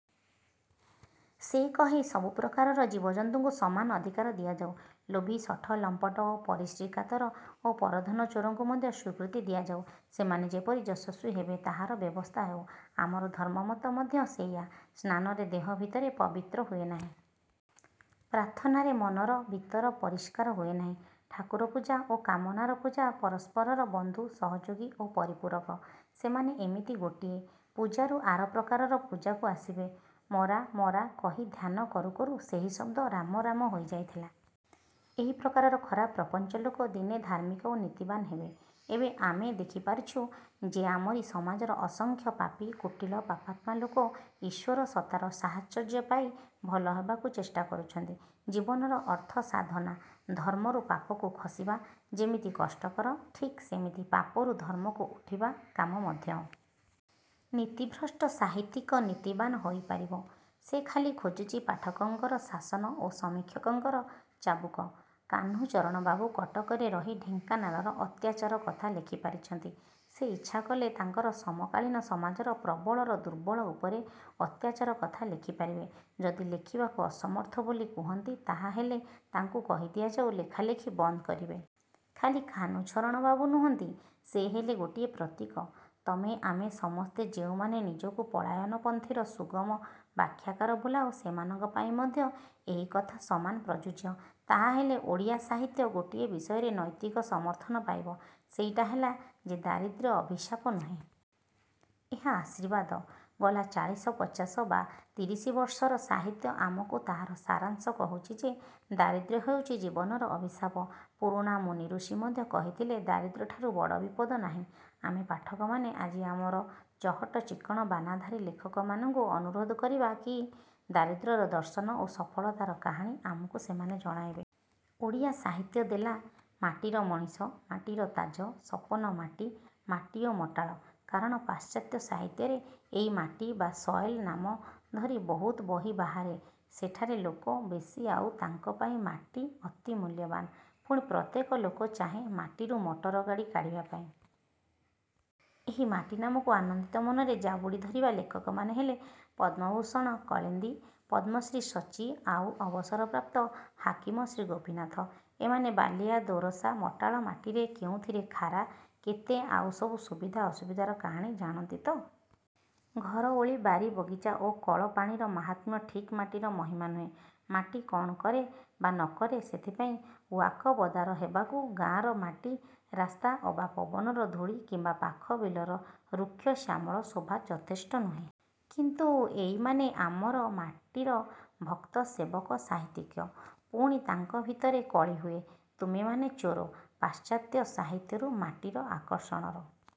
ସେ କହେ ସବୁ ପ୍ରକାରର ଜୀବଜନ୍ତୁଙ୍କୁ ସମାନ ଅଧିକାର ଦିଆଯାଉ-ଲୋଭୀ, ଶଠ, ଲମ୍ପଟ ଓ ପରଶ୍ରୀକାତର ଓ ପରଧନଚୋରଙ୍କୁ ମଧ୍ୟ ସ୍ୱୀକୃତି ଦିଆଯାଉ। ସେମାନେ ଯେପରି ଯଶସ୍ୱୀ ହେବେ ତାହାର ବ୍ୟବସ୍ଥା ହେଉ। ଆମର ଧର୍ମମତ ମଧ୍ୟ ସେଇଆ। ସ୍ନାନରେ ଦେହ ଭିତର ପବିତ୍ର ହୁଏ ନାହିଁ। ପ୍ରାର୍ଥନାରେ ମନର ଭିତର ପରିଷ୍କାର ହୁଏ ନାହିଁ। ଠାକୁର ପୂଜା ଓ କାମନାର ପୂଜା ପରସ୍ପରର ବନ୍ଧୁ, ସହଯୋଗୀ ଓ ପରିପୂରକ। ସେମାନେ ଏମିତି ଗୋଟିଏ। ପୂଜାରୁ ଆର ପ୍ରକାରର ପୂଜାକୁ ଆସିବେ। ମ-ରା ମ-ରା କହି ଧ୍ୟାନ କରୁ କରୁ ସେହି ଶଦ୍ଦ ରାମ-ରାମ ହୋଇ ଯାଇଥିଲା। ଏହିପ୍ରକାରର ଖରାପ ପ୍ରପଞ୍ଚ ଲୋକ ଦିନେ ଧାର୍ମିକ ଓ ନୀତିବାନ୍ ହେବେ। ଏବେ ଆମେ ଦେଖିପାରୁଛୁ ଯେ ଆମରି ସମାଜର ଅସଂଖ୍ୟ ପାପୀ, କୁଟିଳ, ପାପାତ୍ମା ଲୋକ ଈଶ୍ୱର ସତ୍ତାର ସାହଚର୍ଯ୍ୟ ପାଇ ଭଲ ହେବାକୁ ଚେଷ୍ଟା କରୁଛନ୍ତି। ଜୀବନର ଅର୍ଥ ସାଧନା-ଧର୍ମରୁ ପାପକୁ ଖସିବା ଯେମିତି କଷ୍ଟକର ଠିକ୍ ସେମିତି ପାପରୁ ଧର୍ମକୁ ଉଠିବା କାମ ମଧ୍ୟ। ନୀତିଭ୍ରଷ୍ଟ ସାହିତ୍ୟିକ ନୀତିବାନ ହୋଇପାରିବ। ସେ ଖାଲି ଖୋଜୁଛି ପାଠକଙ୍କର ଶାସନ ଓ ସମୀକ୍ଷକଙ୍କର ଚାବୁକ। କାହ୍ନୁଚରଣବାବୁ କଟକରେ ରହି ଢେଙ୍କାନାଳର ଅତ୍ୟାଚାର କଥା ଲେଖିପାରିଛନ୍ତି। ସେ ଇଚ୍ଛା କଲେ ତାଙ୍କର ସମକାଳୀନ ସମାଜର ପ୍ରବଳର ଦୁର୍ବଳ ଉପରେ ଅତ୍ୟାଚାର କଥା ଲେଖିପାରିବେ। ଯଦି ଲେଖିବାକୁ ଅସମର୍ଥ ବୋଲି କୁହନ୍ତି ତାହାହେଲେ ତାଙ୍କୁ କହିଦିଆଯାଉ-ଲେଖାଲେଖି ବନ୍ଦ କରିବେ। ଖାଲି କାହ୍ନୁଚରଣବାବୁ ନୁହନ୍ତି-ସେ ହେଲେ ଗୋଟିଏ ପ୍ରତୀକ। ତମେ ଆମେ ସମସ୍ତେ ଯେଉଁମାନେ ନିଜକୁ ପଳାୟନପନ୍ଥୀର ସୁଗମ ବାଖ୍ୟାକାର ବୋଲାଉ ସେମାନଙ୍କ ପାଇଁ ମଧ୍ୟ ଏହି କଥା ସମାନ ପ୍ରଯୁଯ୍ୟ। ତାହାହେଲେ ଓଡ଼ିଆ ସାହିତ୍ୟ ଗୋଟିଏ ବିଷୟରେ ନୈତିକ ସମର୍ଥନ ପାଇବ-ସେଇଟା ହେଲା ଯେ ଦାରିଦ୍ର୍ୟ ଅଭିଶାପ ନୁହେଁ। ଏହା ଆଶୀର୍ବାଦ। ଗଲା ଚାଳଶି ପଚାଶ ବା ତିରିଶିବର୍ଷର ସାହିତ୍ୟ ଆମକୁ ତାହାର ସାରାଂଶ କହୁଛି ଯେ ଦାରିଦ୍ର୍ୟ ହେଉଛି ଜୀବନର ଅଭିଶାପ। ପୁରୁଣା ମୁନିଋଷି ମଧ୍ୟ କହିଥିଲେ-ଦାରିଦ୍ର୍ୟଠାରୁ ବଡ଼ ବିପଦ ନାହିଁ। ଆମେ ପାଠକମାନେ ଆଜି ଆମର ଚହଟ ଚିକ୍କଣ ବାନାଧାରୀ ଲେଖକମାନଙ୍କୁ ଅନୁରୋଧ କରିବା କି-ଦାରିଦ୍ର୍ୟର ଦର୍ଶନ ଓ ସଫଳତାର କାହାଣୀ ଆମକୁ ସେମାନେ ଜଣାଇବେ। ଓଡ଼ିଆ ସାହିତ୍ୟ ଦେଲା-ମାଟିର ମଣିଷ, ମାଟିର ତାଜ, ସପନ ମାଟି, ମାଟି ଓ ମଟାଳ-। କାରଣ ପାଶ୍ଚାତ୍ୟ ସାହିତ୍ୟରେ ଏଇ ମାଟି ବା ସଏଲ୍ ନାମ ଧରି ବହୁତ ବହି ବାହାରେ-। ସେଠାରେ ଲୋକ ବେଶି ଆଉ ତାଙ୍କପାଇଁ ମାଟି ଅତି ମୂଲ୍ୟବାନ। ପୁଣି ପ୍ରତ୍ୟେକ ଲୋକ ଚାହେଁ ମାଟିରୁ ମଟରଗାଡ଼ି କାଢ଼ିବା ପାଇଁ। ଏହି ମାଟି ନାମକୁ ଆନନ୍ଦିତ ମନରେ ଜାବୁଡ଼ି ଧରିବା ଲେଖକମାନେ ହେଲେ ପଦ୍ମଭୂଷଣ କଳିନ୍ଦୀ, ପଦ୍ମଶ୍ରୀ ସଚ୍ଚି ଆଉ ଅବସରପ୍ରାପ୍ତ ହାକିମ ଶ୍ରୀ ଗୋପୀନାଥ। ଏମାନେ ବାଲିଆ, ଦୋରସା, ମଟାଳ ମାଟିରେ କେଉଁଥିରେ ଖାରା କେତେ ଆଉ ସବୁ ସୁବିଧା ଅସୁବିଧାର କାହାଣୀ ଜାଣନ୍ତି ତ? ଘର ଓଳି ବାରି ବଗିଚା ଓ କଳପାଣିର ମାହାତ୍ମ୍ୟ ଠିକ୍ ମାଟିର ମହିମା ନୁହେଁ। ମାଟି କ'ଣ କରେ ବା ନ କରେ ସେଥିପାଇଁ ୱାକବଦାର ହେବାକୁ ଗାଁର ମାଟି ରାସ୍ତା ଅବା ପବନର ଧୂଳି କିମ୍ୱା ପାଖ ବିଲର ରୁକ୍ଷ ଶ୍ୟାମଳ ଶୋଭା ଯଥେଷ୍ଟ ନୁହେଁ। କିନ୍ତୁ ଏଇମାନେ ଆମର ମାଟିର ଭକ୍ତ-ସେବକ-ସାହିତ୍ୟିକ। ପୁଣି ତାଙ୍କ ଭିତରେ କଳି ହୁଏ-ତୁମେମାନେ ଚୋର। ପାଶ୍ଚାତ୍ୟ ସାହିତ୍ୟରୁ ମାଟିର ଆକର୍ଷଣର